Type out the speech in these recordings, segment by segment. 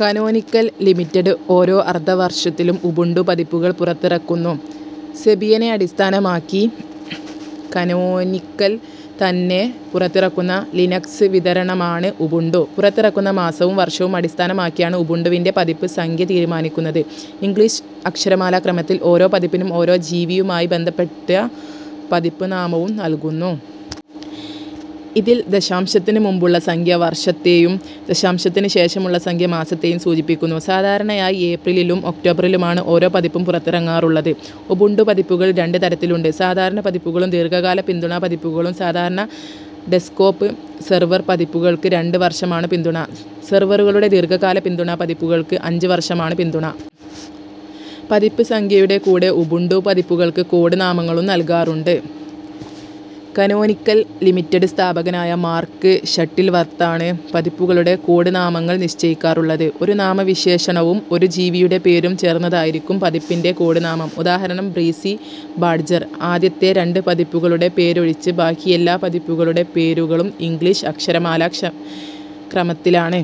Canonical limited ഓരോ അർദ്ധവർഷത്തിലും Ubuntu പതിപ്പുകൾ പുറത്തിറക്കുന്നു. സെബിയനെ അടിസ്ഥാനമാക്കി കനോനിക്കൽ തന്നെ പുറത്തിറക്കുന്ന ലിനക്സ് വിതരണമാണ് ഉബുണ്ടു. പുറത്തിറക്കുന്ന മാസവും വർഷവും അടിസ്ഥാനമാക്കിയാണ് ഉബുണ്ടുവിൻ്റെ പതിപ്പ് സംഖ്യ തീരുമാനിക്കുന്നത്. ഇംഗ്ലിഷ് അക്ഷരമാലാ ക്രമത്തിൽ ഓരോ പതിപ്പിനും ഓരോ ജീവിയുമായി ബന്ധപ്പെട്ട പതിപ്പ് നാമവും നൽകുന്നു. ഇതിൽ ദശാംശത്തിന് മുമ്പുള്ള സംഖ്യ വർഷത്തേയും ദശാംശത്തിന് ശേഷമുള്ള സംഖ്യ മാസത്തേയും സൂചിപ്പിക്കുന്നു. സാധാരണയായി ഏപ്രിലിലും ഒക്ടോബറിലുമാണ് ഓരോ പതിപ്പും പുറത്തിറങ്ങാറുള്ളത്. ഉബുണ്ടു പതിപ്പുകൾ രണ്ട് തരത്തിലുണ്ട്. സാധാരണ പതിപ്പുകളും ദീർഘകാല പിന്തുണാ പതിപ്പുകളും. സാധാരണ ഡെസ്ക്ടോപ്പ്, സെർവർ പതിപ്പുകൾക്ക് രണ്ട് വർഷമാണ് പിന്തുണ. സെർവറുകളുടെ ദീർഘകാല പിന്തുണാ പതിപ്പുകൾക്ക് അഞ്ച് വർഷമാണ് പിന്തുണ. പതിപ്പ് സംഖ്യയുടെ കൂടെ ഉബുണ്ടു പതിപ്പുകൾക്ക് കോഡ് നാമങ്ങളും നൽകാറുണ്ട്. കാനോനിക്കൽ ലിമിറ്റഡ് സ്ഥാപകനായ മാർക്ക് ഷട്ടിൽവർത്താണ് പതിപ്പുകളുടെ കോഡ് നാമങ്ങൾ നിശ്ചയിക്കാറുള്ളത്. ഒരു നാമവിശേഷണവും ഒരു ജീവിയുടെ പേരും ചേർന്നതായിരിക്കും പതിപ്പിൻ്റെ കോഡ് നാമം. ഉദാഹരണം ബ്രീസി ബാഡ്ജർ. ആദ്യത്തെ രണ്ട് പതിപ്പുകളുടെ പേരൊഴിച്ച് ബാക്കിയെല്ലാ പതിപ്പുകളുടെ പേരുകളും ഇംഗ്ലിഷ് അക്ഷരമാലാ ക്ഷ ക്രമത്തിലാണ്.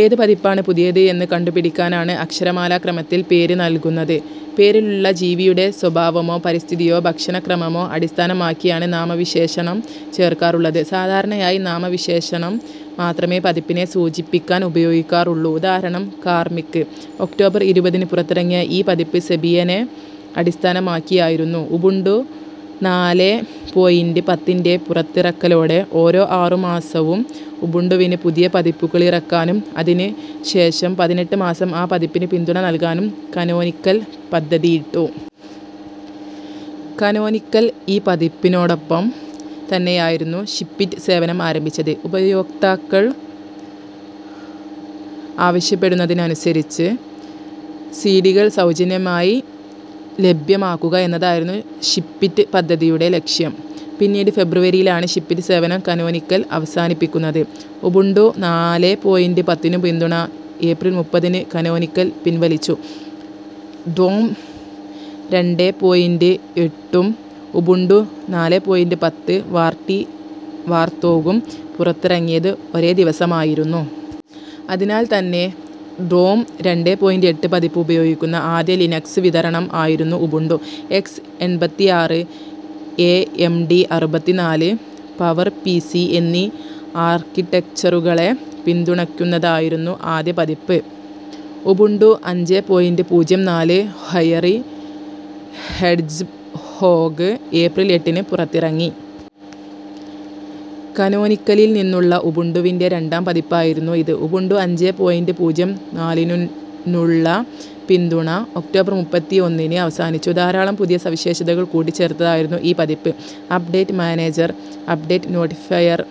ഏത് പതിപ്പാണ് പുതിയത് എന്ന് കണ്ടുപിടിക്കാനാണ് അക്ഷരമാലാക്രമത്തിൽ പേര് നൽകുന്നത്. പേരിലുള്ള ജീവിയുടെ സ്വഭാവമോ പരിസ്ഥിതിയോ ഭക്ഷണക്രമമോ അടിസ്ഥാനമാക്കിയാണ് നാമവിശേഷണം ചേർക്കാറുള്ളത്. സാധാരണയായി നാമവിശേഷണം മാത്രമേ പതിപ്പിനെ സൂചിപ്പിക്കാൻ ഉപയോഗിക്കാറുള്ളൂ. ഉദാഹരണം കാർമിക്. ഒക്ടോബർ ഇരുപതിന് പുറത്തിറങ്ങിയ ഈ പതിപ്പ് സെബിയനെ അടിസ്ഥാനമാക്കിയായിരുന്നു. ഉബുണ്ടു നാലെ പോയിൻ്റ് പത്തിൻ്റെ പുറത്തിറക്കലോടെ ഓരോ ആറു മാസവും ഉബുണ്ടുവിന് പുതിയ പതിപ്പുകളിറക്കാനും അതിന് ശേഷം പതിനെട്ട് മാസം ആ പതിപ്പിന് പിന്തുണ നൽകാനും കനോനിക്കൽ പദ്ധതിയിട്ടു. കനോനിക്കൽ ഈ പതിപ്പിനോടൊപ്പം തന്നെയായിരുന്നു ഷിപ്പിറ്റ് സേവനം ആരംഭിച്ചത്. ഉപയോക്താക്കൾ ആവശ്യപ്പെടുന്നതിനനുസരിച്ച് സീഡികൾ സൗജന്യമായി ലഭ്യമാക്കുക എന്നതായിരുന്നു ഷിപ്പിറ്റ് പദ്ധതിയുടെ ലക്ഷ്യം. പിന്നീട് ഫെബ്രുവരിയിലാണ് ഷിപ്പിറ്റ് സേവനം കാനോനിക്കൽ അവസാനിപ്പിക്കുന്നത്. ഉബുണ്ടു നാലെ പോയിൻ്റ് പത്തിനുള്ള പിന്തുണ ഏപ്രിൽ മുപ്പതിന് കാനോനിക്കൽ പിൻവലിച്ചു. ഗ്നോം രണ്ടെ പോയിൻ്റ് എട്ടും ഉബുണ്ടു നാലെ പോയിൻ്റ് പത്ത് വാർറ്റി വാർത്തോഗും പുറത്തിറങ്ങിയത് ഒരേ ദിവസമായിരുന്നു. അതിനാൽ തന്നെ ഗ്നോം രണ്ടെ പോയിൻ്റ് എട്ട് പതിപ്പ് ഉപയോഗിക്കുന്ന ആദ്യ ലിനക്സ് വിതരണം ആയിരുന്നു ഉബുണ്ടു. എക്സ് എൺപത്തിആറ്, എഎംഡി അറുപത്തിനാല്, പവർപിസി എന്നീ ആർക്കിടെക്ചറുകളെ പിന്തുണക്കുന്നതായിരുന്നു ആദ്യ പതിപ്പ്. ഉബുണ്ടു അഞ്ചെ പോയിൻ്റ് പൂജ്യം നാല് ഹൊയറി ഹെഡ്ജ്ഹോഗ് ഏപ്രിൽ എട്ടിന് പുറത്തിറങ്ങി. കാനോനിക്കലിൽ നിന്നുള്ള ഉബുണ്ടുവിൻ്റെ രണ്ടാം പതിപ്പായിരുന്നു ഇത്. ഉബുണ്ടു അഞ്ചെ പോയിൻ്റ് പൂജ്യം നാലിനുനുള്ള പിന്തുണ ഒക്ടോബർ മുപ്പത്തിഒന്നിന് അവസാനിച്ചു. ധാരാളം പുതിയ സവിശേഷതകൾ കൂട്ടിച്ചേർത്തതായിരുന്നു ഈ പതിപ്പ്. Update manager, update notifier,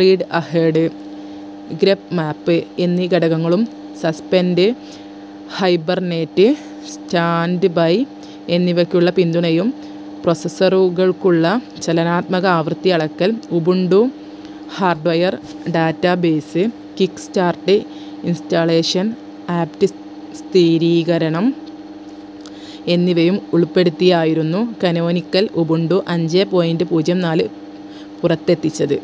readahead, grep map എന്നീ ഘടകങ്ങളും സസ്പെൻഡ്, ഹൈബർനേറ്റ്, സ്റ്റാൻഡ്ബൈ എന്നിവക്കുള്ള പിന്തുണയും പ്രൊസസറുകൾക്കുള്ള ചലനാത്മക ആവൃത്തി അളക്കൽ, Ubuntu hardware database, kickstart installation, apt സ്ഥിരീകരണം എന്നിവയും ഉൾപ്പെടുത്തിയായിരുന്നു കാനോനിക്കൽ ഉബുണ്ടു അഞ്ചെ പോയിൻ്റ് പൂജ്യം നാല് പുറത്തെത്തിച്ചത്.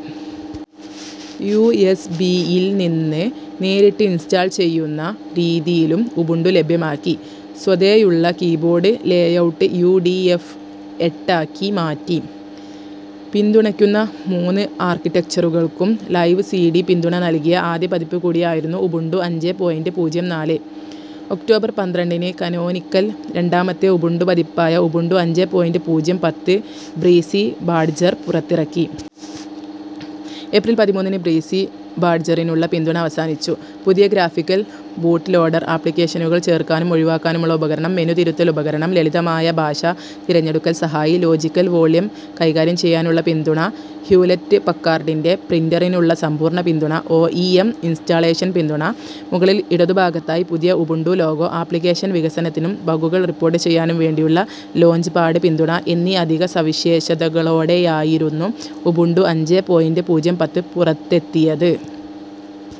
യുഎസ്ബിയിൽ നിന്ന് നേരിട്ട് ഇൻസ്റ്റാൾ ചെയ്യുന്ന രീതിയിലും ഉബുണ്ടു ലഭ്യമാക്കി. സ്വതേയുള്ള keyboard layout U. T. F എട്ടാക്കി മാറ്റി. പിന്തുണക്കുന്ന മൂന്ന് ആർക്കിടെക്ചറുകൾക്കും ലൈവ് സീഡി പിന്തുണ നൽകിയ ആദ്യ പതിപ്പ് കൂടിയായിരുന്നു ഉബുണ്ടു അഞ്ചെ പോയിൻ്റ് പൂജ്യം നാല്. ഒക്ടോബർ പന്ത്രണ്ടിന് കനോനിക്കൽ രണ്ടാമത്തെ ഉബുണ്ടു പതിപ്പായ ഉബുണ്ടു അഞ്ചെ പോയിൻ്റ് പൂജ്യം പത്ത് ബ്രീസി ബാഡ്ജർ പുറത്തിറക്കി. ഏപ്രിൽ പതിമൂന്നിന് ബ്രീസി ബാഡ്ജറിനുള്ള പിന്തുണ അവസാനിച്ചു. പുതിയ ഗ്രാഫിക്കൽ ബൂട്ട് ലോഡർ, ആപ്ലികേഷനുകൾ ചേർക്കാനും ഒഴിവാക്കാനുമുള്ള ഉപകരണം, മെനു തിരുത്തൽ ഉപകരണം, ലളിതമായ ഭാഷാ തിരഞ്ഞെടുക്കൽ സഹായി, ലോജികൽ വോള്യം കൈകാര്യം ചെയ്യാനുള്ള പിന്തുണ, ഹ്യൂലെറ്റ് പക്കാർഡിൻ്റെ പ്രിൻ്ററിനുള്ള സമ്പൂർണ്ണ പിന്തുണ, ഓഇഎം ഇൻസ്റ്റാളേഷൻ പിന്തുണ, മുകളിൽ ഇടതു ഭാഗത്തായി പുതിയ ഉബുണ്ടു ലോഗോ, ആപ്ലികേഷൻ വികസനത്തിനും ബഗ്ഗുകൾ റിപ്പോട്ട് ചെയ്യാനും വേണ്ടിയുള്ള ലോഞ്ച്പാഡ് പിന്തുണ എന്നീ അധിക സവിശേഷതകളോടെയായിരുന്നു ഉബുണ്ടു അഞ്ചെ പോയിൻ്റ് പൂജ്യം പത്ത് പുറത്തെത്തിയത്.